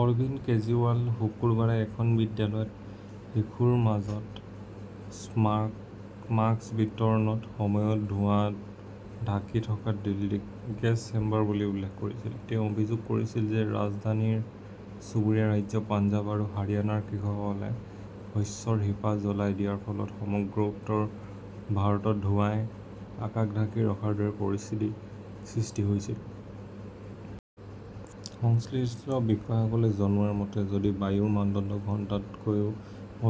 অৰবিন্দ কেজৰিৱালে শুকুৰবাৰে এখন বিদ্যালয়ত শিশুৰ মাজত মাস্ক বিতৰণৰ সময়ত ধোঁৱাত ঢাকি থকা দিল্লীক গেছ চেম্বাৰ বুলি উল্লেখ কৰিছিল। তেওঁ অভিযোগ কৰিছিল যে ৰাজধানীৰ চুবুৰীয়া ৰাজ্য পঞ্জাৱ আৰু হাৰিয়ানাৰ কৃষকসকলে শস্যৰ শিপা জ্বলাই দিয়াৰ ফলত সমগ্ৰ উত্তৰ ভাৰতত ধোঁৱাই আকাশ ঢাকি ৰখাৰ দৰে পৰিস্থিতিৰ সৃষ্টি হৈছে। সংশ্লিষ্ট বিষয়াসকলে জনোৱা মতে, যদি বায়ুৰ মানদণ্ড ঘণ্টাতকৈও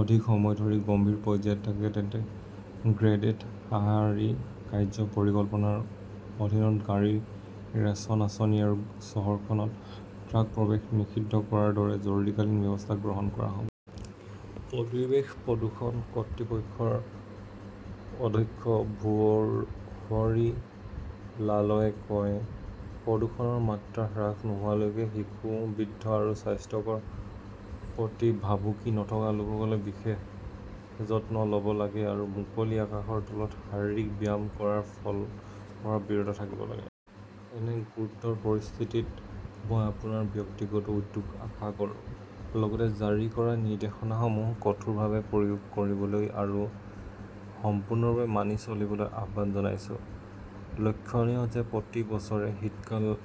অধিক সময় ধৰি গম্ভীৰ পৰ্যায়ত থাকে তেন্তে গ্ৰেডেড সঁহাৰি কাৰ্য্য পৰিকল্পনাৰ অধীনত গাড়ী ,ৰেচন আঁচনি আৰু চহৰখনত ট্ৰাক প্ৰৱেশ নিষিদ্ধ কৰাৰ দৰে জৰুৰীকালীন ব্যৱস্থা গ্ৰহণ কৰা হ 'ব। পৰিৱেশ প্ৰদূষণ কৰ্তৃপক্ষৰ অধ্যক্ষ ভুহৰী লালই কয় প্ৰদূষণৰ মাত্ৰা হ্ৰাস নোহোৱালৈকে শিশু, বৃদ্ধ আৰু স্বাস্থ্যৰ প্ৰতি ভাবুকি থকা লোকসকলে বিশেষ যত্ন ল'ব লাগে আৰু মুকলি আকাশৰ তলত শাৰীৰিক ব্যায়াম কৰাৰ পৰা বিৰত থাকিব লাগে। এনে গুৰুতৰ পৰিস্থিতিত মই আপোনাৰ ব্যক্তিগত উদ্যোগ আশা কৰোঁ। লগতে, জাৰি কৰা নিৰ্দেশনাসমূহ কঠোৰভাৱে প্ৰয়োগ কৰিবলৈ আৰু সম্পূৰ্ণৰূপে মানি চলিবলৈ আহ্বান জনাইছো। লক্ষণীয় যে প্ৰতি বছৰে শীতকালত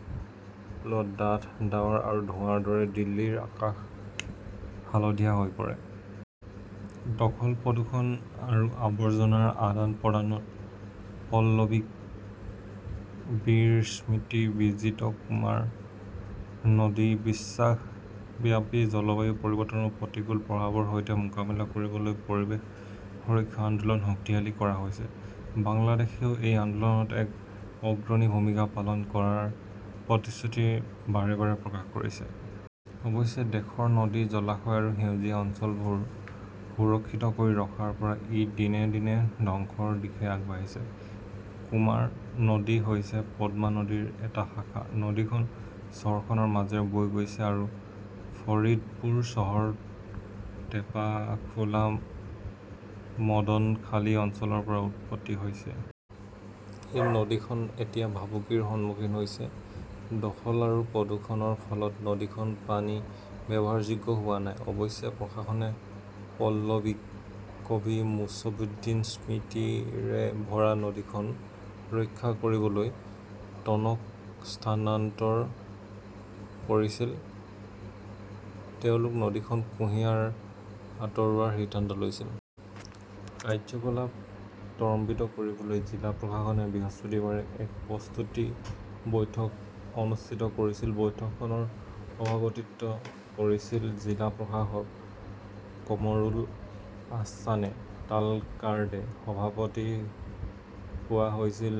ডাঠ ডাৱৰ আৰু ধোঁৱাৰ বাবে দিল্লীৰ আকাশ হালধীয়া হৈ পৰে। দখল প্ৰদূষণ আৰু আৱৰ্জনাৰ আদান-প্ৰদানত পল্লিকবীৰ স্মৃতি-বিজিত কুমাৰ নদী বিশ্বব্যাপী জলবায়ু পৰিৱৰ্তনৰ প্ৰতিকূল প্ৰভাৱৰ সৈতে মোকাবিলা কৰিবলৈ পৰিৱেশ সুৰক্ষা আন্দোলন শক্তিশালী কৰা হৈছে। বাংলাদেশেও এই আন্দোলনত এক অগ্ৰণী ভূমিকা পালন কৰাৰ প্ৰতিশ্ৰুতি বাৰে -বাৰে প্ৰকাশ কৰিছে। অৱশ্যে দেশৰ নদী, জলাশয় বা সেউজীয়া অঞ্চলবোৰ সুৰক্ষিত কৰি ৰখাৰ পৰা ই দিনে- দিনে ধ্বংসৰ দিশে আগবাঢ়িছে। কুমাৰ নদী হৈছে পদ্মা নদীৰ এটা শাখা। নদীখন চহৰখনৰ মাজেৰে বৈ গৈছে আৰু ফৰিদপুৰ চহৰৰ টেপাখোলা মদনখালী অঞ্চলৰ পৰা উৎপত্তি হৈছে। এই নদীখন এতিয়া ভাবুকিৰ সন্মুখীন হৈছে। দখল আৰু প্ৰদূষণৰ ফলত নদীখনৰ পানী ব্যৱহাৰযোগ্য হোৱা নাই। অৱশেষত প্ৰশাসনে পল্লিকবী জছিমুদ্দিনৰ স্মৃতিৰে ভৰা নদীখন ৰক্ষা কৰিবলৈ টনক স্থানান্তৰ কৰিছিল। তেওঁলোকে নদীখনৰ কুঁহিয়াৰ আঁতৰোৱাৰ সিদ্ধান্ত লৈছে। কাৰ্যকলাপ ত্বৰান্বিত কৰিবলৈ জিলা প্ৰশাসনে বৃহস্পতিবাৰে এক প্ৰস্তুতি বৈঠক অনুষ্ঠিত কৰিছিল। বৈঠকখনৰ সভাপতিত্ব কৰিছিল জিলা প্ৰশাসক কামৰুল আহছান তালকাৰ্ডে। সভাত কোৱা হৈছিল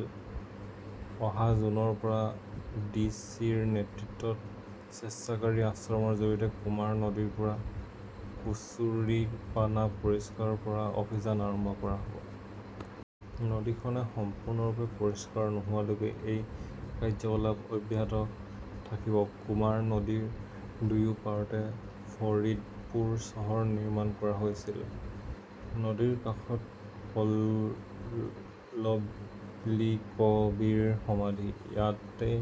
অহা জুনৰ পৰা ডি চি ৰ নেতৃত্বত স্বেচ্ছাচাৰী আশ্ৰমৰ জৰিয়তে কুমাৰ নদীৰ পৰা কুচুৰিপানা পৰিষ্কাৰ কৰা অভিযান আৰম্ভ কৰা হ' ব। নদীখন সম্পূৰ্ণৰূপে পৰিষ্কাৰ নোহোৱালৈকে এই কাৰ্যকলাপ অব্যাহত থাকিব। কুমাৰ নদীৰ দুয়ো পাৰতে ফৰিদপুৰ চহৰ নিৰ্মাণ কৰা হৈছে। নদীৰ কাষত পল্লিকবীৰ সমাধি। ইয়াতেই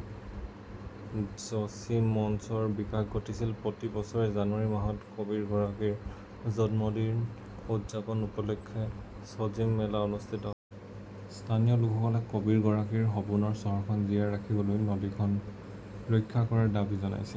জছিম মঞ্চৰ বিকাশ ঘটিছিল। প্ৰতি বছৰে জানুৱাৰী মাহত কবিগৰাকীৰ জন্মদিন উদযাপনৰ উপলক্ষে জছিম মেলা অনুষ্ঠিত হয়। স্থানীয় লোকসকলে কবিগৰাকীৰ সপোনৰ চহৰখন জীয়াই ৰাখিবলৈ নদীখন ৰক্ষা কৰাৰ দাবী জনাইছে।